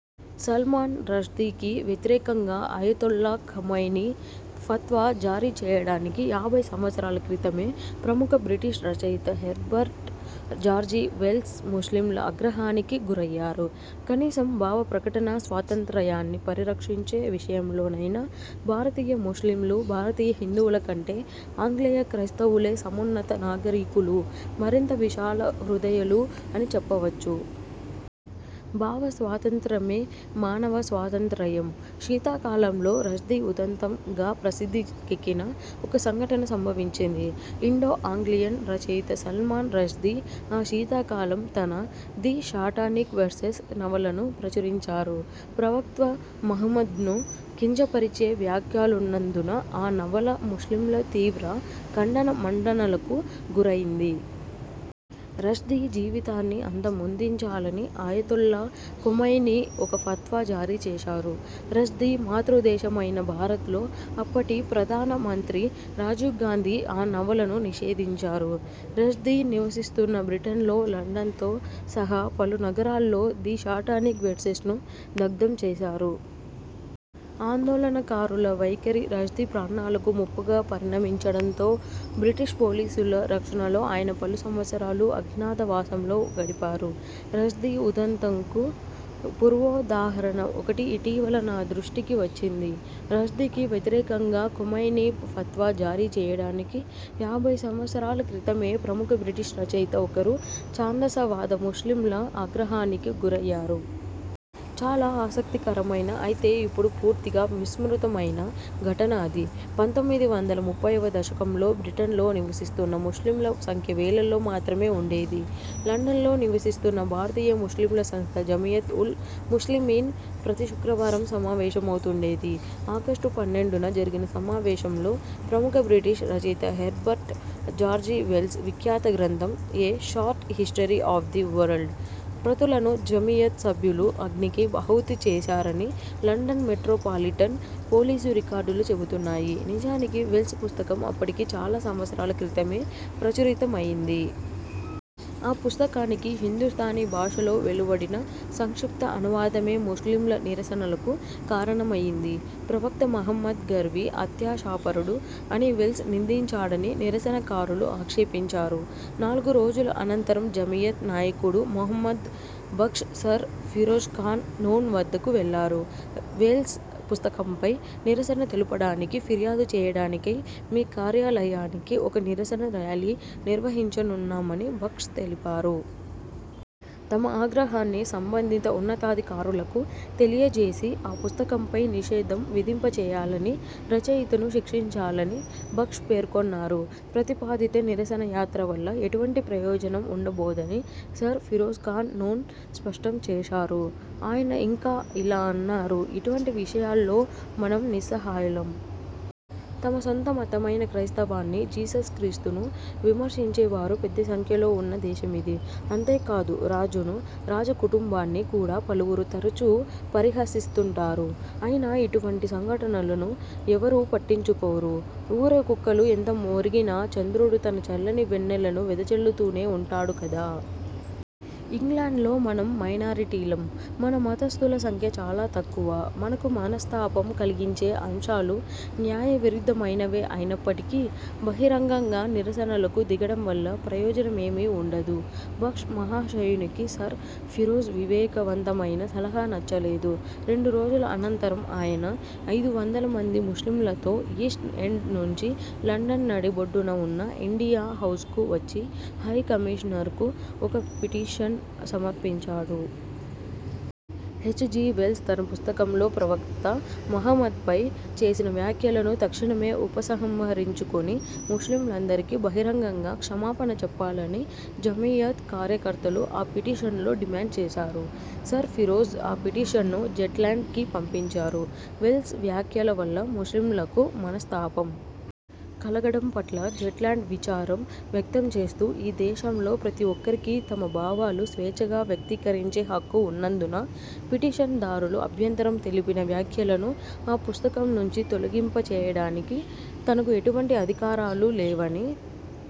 సల్మాన్ రష్దీకి వ్యతిరేకంగా Ayatollah Khomeini fatwa జారీ చేయడానికి యాభై సంవత్సరాల క్రితమే ప్రముఖ బ్రిటిష్ రచయిత హెర్బర్ట్ జార్జి వెల్స్ ముస్లింల ఆగ్రహానికి గురయ్యారు. కనీసం భావ ప్రకటనా స్వాతంత్రయాన్ని పరిరక్షించే విషయంలో నైనా భారతీయ ముస్లింలు, భారతీయ హిందువుల కంటే ఆంగ్లేయ క్రైస్తవులే సమున్నత నాగరీకులూ, మరింత విశాల హృదయులూ అని చెప్పవచ్చు. భావ స్వాతంత్రమే మానవ స్వాతంత్రయం. శీతాకాలంలో, 'రష్దీ ఉదంతం'గా ప్రసిద్ధి కెక్కిన ఒక సంఘటన సంభవించింది ఇండో ఆంగ్లియన్ రచయిత సల్మాన్ రష్దీ ఆ శీతాకాలం తన 'ది శాటానిక్ వెర్సెస్' నవలను ప్రచురించారు. ప్రవక్త మహ్మద్ను కించ పరిచే వ్యాఖ్యలున్నందున ఆ నవల ముస్లింల తీవ్ర ఖండన మండనలకు గుర యింది. రష్దీ జీవితాన్ని అంత మొందించాలని అయతొల్లా ఖొమైనీ ఒక ఫత్వా జారీ చేశారు. రష్దీ మాతృదేశమైన భారత్లో, అప్పటి ప్రధాన మంత్రి రాజీవ్ గాంధీ ఆ నవలను నిషేధించారు. రష్దీ నివసిస్తున్న బ్రిటన్లో, లండన్తో సహా పలు నగరాల్లో 'ది శాటానిక్ వెర్సెస్'ను దగ్ధం చేశారు. ఆందోళనకారుల వైఖరి రష్దీ ప్రాణాలకు ముప్పుగా పరిణమించడంతో, బ్రిటిష్ పోలీసుల రక్షణలో ఆయన పలు సంవత్సరాలు అజ్ఞాత వాసంలో గడిపారు. 'రష్దీ ఉదంతం'కు పూర్వోదాహరణ ఒకటి ఇటీవల నా దృష్టికి వచ్చింది. రష్దీకి వ్యతిరేకంగా ఖొమైనీ ఫత్వా జారీ చేయడానికి యాభై సంవత్సరాల క్రితమే ప్రముఖ బ్రిటిష్ రచయిత ఒకరు ఛాందస వాద ముస్లింల ఆగ్రహానికి గురయ్యారు. చాలా ఆసక్తి కరమైన, అయితే ఇప్పుడు పూర్తిగా విస్మృతమైన ఘటన అది. పంతొమ్మిది వందల ముప్పైవ దశకంలో బ్రిటన్లో నివసిస్తున్న ముస్లింల సంఖ్య వేలల్లో మాత్రమే వుండేది లండన్లో నివసిస్తున్న భారతీయ ముస్లింల సంస్థ జమీయత్ ఉల్ ముస్లిమీన్ ప్రతి శుక్రవారం సమావేశమవుతుండేది. ఆగస్టు పన్నెండున జరిగిన సమావేశంలో, ప్రముఖ బ్రిటిష్ రచయిత హెర్బర్ట్ జార్జి వెల్స్ విఖ్యాత గ్రంథం 'a short history of the world' ప్రతులను జమీయత్ సభ్యులు అగ్నికి ఆహుతి చేశారని లండన్ మెట్రో పాలిటన్ పోలీసు రికార్డులు చెబుతున్నాయి నిజానికి వెల్స్ పుస్తకం అప్పటికి చాలా సంవత్సరాల క్రితమే ప్రచురిత మయింది. ఆ పుస్తకానికి హిందుస్థానీ భాషలో వెలువడిన సంక్షిప్త అనువాదమే ముస్లింల నిరసనలకు కారణమయింది. ప్రవక్త మహమ్మద్ గర్వి, అత్యాశాపరుడు అని వెల్స్ నిందించాడని నిరసనకారులు ఆక్షేపించారు. నాలుగు రోజుల అనంతరం జమీయత్ నాయకుడు మొహమ్మద్ బక్ష్ సర్ ఫిరోజ్ఖాన్ నూన్ వద్దకు వెళ్ళారు. వేల్స్ పుస్తకంపై నిరసన తెలుపడానికి, ఫిర్యాదు చేయడాని కై మీ కార్యాలయానికి ఒక నిరసన ర్యాలీ నిర్వహించనున్నామని బక్ష్ తెలిపారు. తమ ఆగ్రహాన్ని సంబంధిత ఉన్నతాధికారులకు తెలియ జేసి, ఆ పుస్తకంపై నిషేధం విధింప చేయాలని, రచయితను శిక్షించాలని బక్ష్ పేర్కొన్నారు. 'ప్రతిపాదిత నిరసన యాత్ర వల్ల ఎటువంటి ప్రయోజనం వుండబోదని' సర్ ఫిరోజ్ ఖాన్ నూన్ స్పష్టం చేశారు. ఆయన ఇంకా ఇలా అన్నారు ఇటువంటి విషయాల్లో మనం నిస్సహాయులం. తమ సొంత మతమైన క్రైస్తవాన్ని, జీసస్ క్రీస్తును విమర్శించే వారు పెద్ద సంఖ్యలో వున్న దేశమిది. అంతేకాదు, రాజును, రాజ కుటుంబాన్ని కూడా పలువురు తరచూ పరిహసిస్తుంటారు. అయినా ఇటువంటి సంఘటలను ఎవ్వరూ పట్టించుకోరు. ఊర కుక్కలు ఎంత మొరిగినా చంద్రుడు తన చల్లని వెన్నెలను వెద జల్లుతూనే వుంటాడు కదా. ఇంగ్లాండ్లో మనం మైనారిటీలం. మన మతస్థుల సంఖ్య చాలా తక్కువ. మనకు మనస్తాపం కలిగించే అంశాలు న్యాయ విరుద్ధమైనవే అయినప్పటికీ బహిరంగంగా నిరసనలకు దిగడం వల్ల ప్రయోజన మేమీ వుండదు. బక్ష్ మహాశయునికి సర్ ఫిరోజ్ వివేక వంతమైన సలహా నచ్చలేదు. రెండు రోజుల అనంతరం ఆయన, ఐదు వందల మంది ముస్లింలతో ఈస్ట్ ఎండ్ నుంచి లండన్ నడి బొడ్డున వున్న ఇండియా హౌజ్కు వచ్చి హై కమిషనర్కు ఒక పిటీషన్ సమర్పించాడు. హెచ్. జి. వెల్స్ తన పుస్తకంలో ప్రవక్త మహమ్మద్పై చేసిన వ్యాఖ్యలను తక్షణమే ఉపసంహరించుకొని, ముస్లింలందరికీ బహిరంగంగా క్షమాపణ చెప్పాలని జమీయత్ కార్యకర్తలు ఆ పిటీషన్లో డిమాండ్ చేశారు. సర్ ఫిరోజ్ ఆ పిటీషన్ను జెట్లాండ్ కి పంపించారు. వెల్స్ వ్యాఖ్యల వల్ల ముస్లింలకు మనస్తాపం కలగడం పట్ల జెట్లాండ్ విచారం వ్యక్తం చేస్తూ ఈ దేశంలో ప్రతి ఒక్కరికీ తమ భావాలు స్వేచ్ఛగా వ్యక్తీకరించే హక్కు వున్నందున, పిటిషన్ దారులు అభ్యంతరం తెలిపిన వ్యాఖ్యలను ఆ పుస్తకం నుంచి తొలగింప జేయడానికి తనకు ఎటువంటి అధికారాలు లేవని